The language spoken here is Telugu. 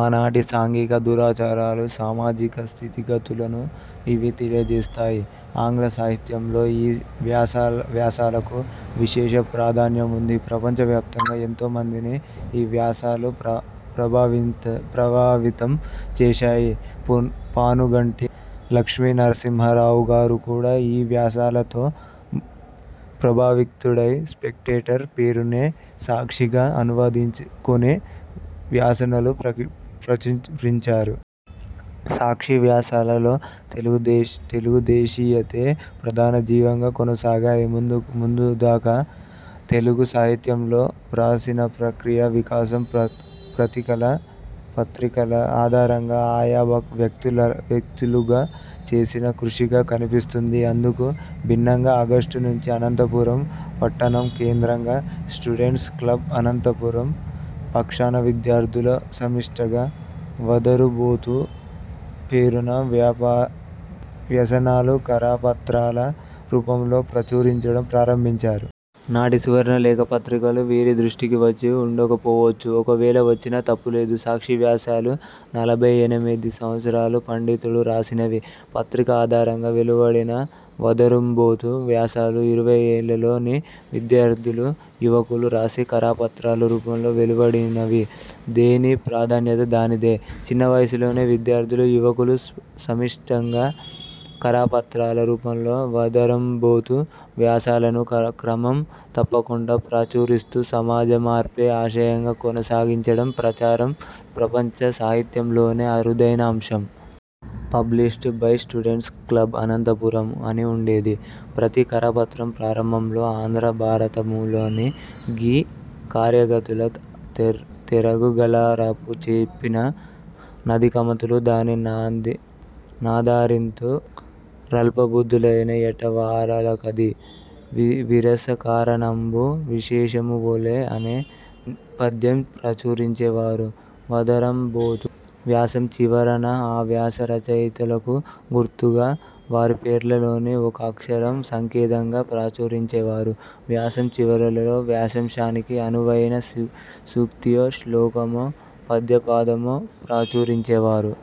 ఆనాటి సాంఘిక దురాచారాలు, సామాజిక స్థితిగతులను ఇవి తెలియజేస్తాయి. ఆంగ్ల సాహిత్యంలో ఈ వ్యాసాలకు విశేష ప్రాధాన్యం ఉంది. ప్రపంచ వ్యాప్తంగా ఎంతో మందిని ఈ వ్యాసాలు ప్రభావితం చేశాయి. పానుగంటి లక్ష్మీనరసింహారావు గారు కూడా ఈ వ్యాసాలతో ప్రభావితుడై 'స్పెక్టేటర్' పేరునే 'సాక్షి'గా అనువదించుకొని వ్యాసాలను ప్రచురించాడు. 'సాక్షి వ్యాసాల'లో తెలుగు దేశీయతే ప్రధాన జీవంగా కొనసాగాయి. ముందు దాకా తెలుగు సాహిత్యంలో వ్యాసప్రక్రియ వికాసం పత్రికల ఆధారంగా ఆయా వ్యక్తులుగా చేసిన కృషిగా కనిపిస్తుంది. అందుకు భిన్నంగా ఆగస్టు నుంచి అనంతపురం పట్టణం కేంద్రంగా 'స్టూడెంట్స్ క్లబ్ అనంతపురం' పక్షాన విద్యార్థులు సమిష్టిగా 'వదరుఁబోతు' పేరున వ్యాసాలను కరపత్రాల రూపంలో ప్రచురించడం ప్రారంభించారు. నాటి 'సువర్ణలేఖ' పత్రికలు వీరి దృష్టికి వచ్చి వుండకపోవచ్చు. ఒకవేళ వచ్చినా తప్పులేదు. 'సాక్షివ్యాసాలు' నలభైఎనిమిది సంవత్సరాల పండితుడు రాసినవి, పత్రిక ఆధారంగా వెలువడినవి. 'వదరుఁబోతు' వ్యాసాలు ఇరవైలలోని విద్యార్థులు, యువకులు రాసి కరపత్రాల రూపంలో వెలువడినవి. దేని ప్రాధాన్యత దానిదే! చిన్నవయసులోని విద్యార్థులు, యువకులు సమిష్టిగా కరపత్రాల రూపంలో 'వదరుఁబోతు' వ్యాసాలను క్రమం తప్పకుండా ప్రచురిస్తూ సమాజమార్పే ఆశయంగా కొనసాగించడం ప్రపంచ సాహిత్యంలోనే అరుదైన అంశం. 'Published by students club Anantapuram' అని ఉండేది. ప్రతి కరపత్రం ప్రారంభంలో ఆంధ్రభారతములోని గీ ''కార్యగతుల తెఱఁగు గలరూపుచెప్పిన/ నధికమతులు దాని నాదరింతు / రల్పబుద్ధులైన యట్టివారలకది/ విరసకారణంబు విషము వోలె'' అనే పద్యం ప్రచురించేవారు. వదరుఁబోతు వ్యాసం చివరన ఆ వ్యాస రచయితలకు గుర్తుగా వారి పేర్లలోని ఒక అక్షరం సంకేతంగా ప్రచురించేవారు. వ్యాసం చివరలో వ్యాసాంశానికి అనువైన సూక్తియో, శ్లోకమో, పద్యపాదమో ప్రచురించేవారు.